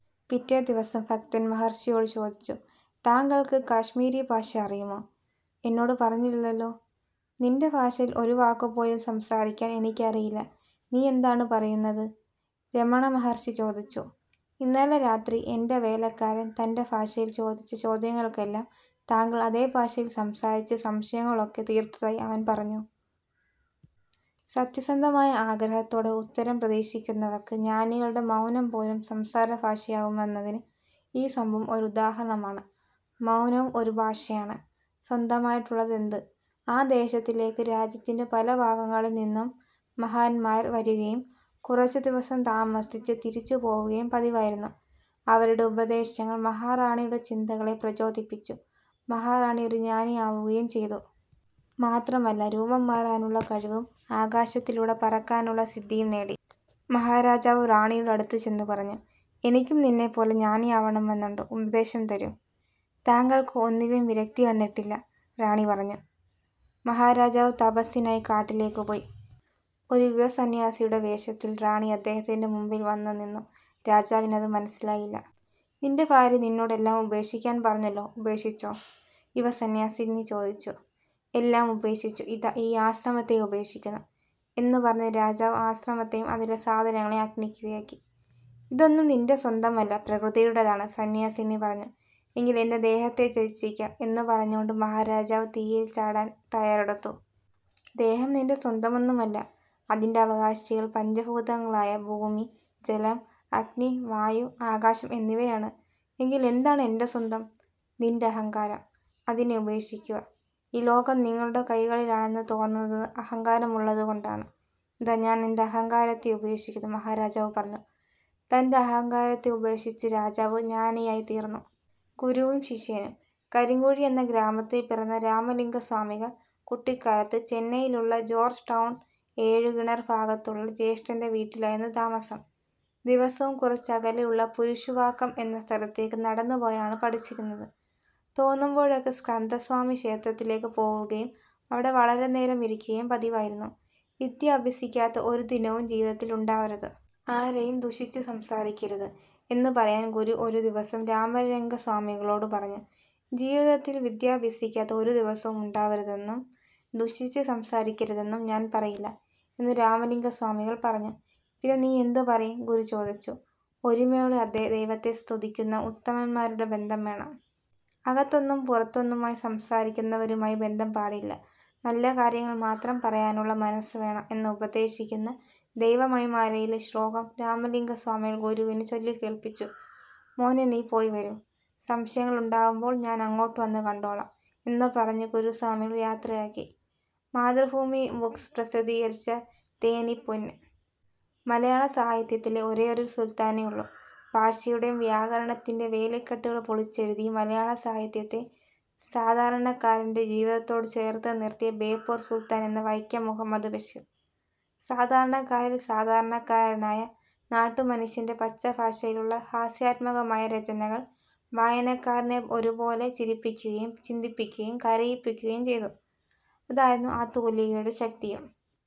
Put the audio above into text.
പിറ്റേദിവസം ഭക്തന് മഹര്ഷിയോട് ചോദിച്ചു:''താങ്കള്ക്ക് കശ്മീരിഭാഷ അറിയുമോ. എന്നോട് പറഞ്ഞില്ലല്ലോ. '' ''നിന്റെ ഭാഷയില് ഒരു വാക്കുപോലും സംസാരിക്കാന് എനിക്കറിയില്ല. നീ എന്താണ് പറയുന്നത്. '' രമണമഹര്ഷി ചോദിച്ചു. ''ഇന്നലെ രാത്രി എന്റെ വേലക്കാരന് തന്റെ ഭാഷയില് ചോദിച്ച ചോദ്യങ്ങള്ക്കെല്ലാം താങ്കള് അതേഭാഷയില് സംസാരിച്ച് സംശയങ്ങളൊക്കെ തീര്ത്തതായി അവന് പറഞ്ഞു. '' സത്യസന്ധമായ ആഗ്രഹത്തോടെ ഉത്തരം പ്രതീക്ഷിക്കുന്നവര്ക്ക് ജ്ഞാനികളുടെ മൗനംപോലും സംസാരഭാഷയാവുമെന്നതിന് ഈ സംഭവം ഒരു ഉദാഹരണമാണ്. മൗനവും ഒരു ഭാഷയാണ്. സ്വന്തമായിട്ടുള്ളതെന്ത്. ആ ദേശത്തിലേക്ക് രാജ്യത്തിന്റെ പല ഭാഗങ്ങളില്നിന്നും മഹാന്മാര് വരികയും കുറച്ചുദിവസം താമസിച്ച് തിരിച്ചുപോവുകയും പതിവായിരുന്നു. അവരുടെ ഉപദേശങ്ങള് മഹാറാണിയുടെ ചിന്തകളെ പ്രചോദിപ്പിച്ചു. മഹാറാണി ഒരു ജ്ഞാനിയാവുകയും ചെയ്തു. മാത്രമല്ല, രൂപം മാറാനുള്ള കഴിവും ആകാശത്തിലൂടെ പറക്കാനുള്ള സിദ്ധിയും നേടി. മഹാരാജാവ് റാണിയുടെ അടുത്തുചെന്ന് പറഞ്ഞു:''എനിക്കും നിന്നെപ്പോലെ ജ്ഞാനിയാവണമെന്നുണ്ട്. ഉപദേശം തരൂ. '' ''താങ്കള്ക്ക് ഒന്നിലും വിരക്തിവന്നിട്ടില്ല,'' റാണി പറഞ്ഞു. മഹാരാജാവ് തപസ്സിനായി കാട്ടിലേക്കുപോയി. ഒരു യുവസന്ന്യാസിയുടെ വേഷത്തില് റാണി അദ്ദേഹത്തിന്റെ മുമ്പില് വന്നുനിന്നു. രാജാവിനത് മനസ്സിലായില്ല. ''നിന്റെ ഭാര്യ നിന്നോട് എല്ലാം ഉപേക്ഷിക്കാന് പറഞ്ഞല്ലോ, ഉപേക്ഷിച്ചോ. '' യുവസന്ന്യാസിനി ചോദിച്ചു. 'എല്ലാം ഉപേക്ഷിച്ചു. ഇതാ ഈ ആശ്രമത്തെയും ഉപേക്ഷിക്കുന്നു' എന്നുപറഞ്ഞ് രാജാവ് ആശ്രമത്തെയും അതിലെ സാധനങ്ങളെയും അഗ്നിക്കിരയാക്കി. ''ഇതൊന്നും നിന്റെ സ്വന്തമല്ല. പ്രകൃതിയുടേതാണ്,'' സന്ന്യാസിനി പറഞ്ഞു. 'എങ്കില് എന്റെ ദേഹത്തെ ത്യജിക്കാം' എന്നുപറഞ്ഞുകൊണ്ട് മഹാരാജാവ് തീയില് ചാടാന് തയ്യാറെടുത്തു. ''ദേഹം നിന്റെ സ്വന്തമൊന്നുമല്ല. അതിന്റെ അവകാശികള് പഞ്ചഭൂതങ്ങളായ ഭൂമി, ജലം, അഗ്നി, വായു, ആകാശം എന്നിവയാണ്. '' ''എങ്കില് എന്താണ് എന്റെ സ്വന്തം. '' ''നിന്റെ അഹങ്കാരം. അതിനെ ഉപേക്ഷിക്കുക. ഈ ലോകം നിങ്ങളുടെ കൈകളിലാണെന്ന് തോന്നുന്നത് അഹങ്കാരമുള്ളതുകൊണ്ടാണ്. '' ''ഇതാ, ഞാന് എന്റെ അഹങ്കാരത്തെയും ഉപേക്ഷിക്കുന്നു,'' മഹാരാജാവ് പറഞ്ഞു. തന്റെ അഹങ്കാരത്തെ ഉപേക്ഷിച്ച് രാജാവ് ജ്ഞാനിയായിത്തീര്ന്നു. ഗുരുവും ശിഷ്യനും കരിങ്കുഴി എന്ന ഗ്രാമത്തില് പിറന്ന രാമലിംഗസ്വാമികള് കുട്ടിക്കാലത്ത് ചെന്നൈയിലുള്ള ജോര്ജ് ടൗണ് ഏഴുകിണര് ഭാഗത്തുള്ള ജ്യേഷ്ഠന്റെ വീട്ടിലായിരുന്നു താമസം. ദിവസവും കുറച്ചകലെയുള്ള പുരശുവാക്കം എന്ന സ്ഥലത്തേക്ക് നടന്നുപോയാണ് പഠിച്ചിരുന്നത്. തോന്നുമ്പോഴൊക്കെ സ്കന്ദസ്വാമി ക്ഷേത്രത്തിലേക്കുപോവുകയും അവിടെ വളരെനേരം ഇരിക്കുകയും പതിവായിരുന്നു. 'വിദ്യ അഭ്യസിക്കാത്ത ഒരു ദിനവും ജീവിതത്തില് ഉണ്ടാവരുത്. ആരെയും ദുഷിച്ച് സംസാരിക്കരുത്' എന്നുപറയാന് ഗുരു ഒരു ദിവസം രാമലിംഗസ്വാമികളോട് പറഞ്ഞു. 'ജീവിതത്തില് വിദ്യയഭ്യസിക്കാത്ത ഒരു ദിവസവും ഉണ്ടാവരുതെന്നും ദുഷിച്ച് സംസാരിക്കരുതെന്നും ഞാന് പറയില്ല' എന്നു രാമലിംഗസ്വാമികള് പറഞ്ഞു. ''പിന്നെ നീ എന്തുപറയും. '' ഗുരു ചോദിച്ചു. ''ഒരുമയോടെ അദ്ദേഹത്തെ ദൈവത്തെ സ്തുതിക്കുന്ന ഉത്തമന്മാരുടെ ബന്ധം വേണം. അകത്തൊന്നും പുറത്തൊന്നുമായി സംസാരിക്കുന്നവരുമായി ബന്ധം പാടില്ല. നല്ല കാര്യങ്ങള്മാത്രം പറയാനുള്ള മനസ്സുവേണം'' എന്ന് ഉപദേശിക്കുന്ന ദൈവമണിമാലയിലെ ശ്ലോകം രാമലിംഗസ്വാമികള് ഗുരുവിനെ ചൊല്ലിക്കേള്പ്പിച്ചു. 'മോനേ നീ പോയി വരൂ. സംശയങ്ങളുണ്ടാവുമ്പോള് ഞാന് അങ്ങോട്ടുവന്ന് കണ്ടോളാം' എന്നുപറഞ്ഞ് ഗുരു സ്വാമികളെ യാത്രയാക്കി. മാതൃഭൂമി ബുക്സ് പ്രസിദ്ധീകരിച്ച തേനി പൊന്. മലയാള സാഹിത്യത്തില് ഒരേയൊരു സുല്ത്താനേയുള്ളൂ. ഭാഷയുടെയും വ്യാകരണത്തിന്റെയും വേലിക്കെട്ടുകള് പൊളിച്ചെഴുതി, മലയാള സാഹിത്യത്തെ സാധാരണക്കാരന്റെ ജീവിതത്തോട് ചേര്ത്തു നിര്ത്തിയ ബേപ്പൂര് സുല്ത്താന് എന്ന വൈക്കം മുഹമ്മദ് ബഷീര്. സാധാരണക്കാരില് സാധാരണക്കാരനായ നാട്ടുമനുഷ്യന്റെ പച്ചഭാഷയിലുള്ള ഹാസ്യാത്മകമായ രചനകള് വായനക്കാരനെ ഒരുപോലെ ചിരിപ്പിക്കുകയും, ചിന്തിപ്പിക്കുകയും, കരയിപ്പിക്കുകയും ചെയ്തു. അതായിരുന്നു ആ തൂലികയുടെ ശക്തിയും.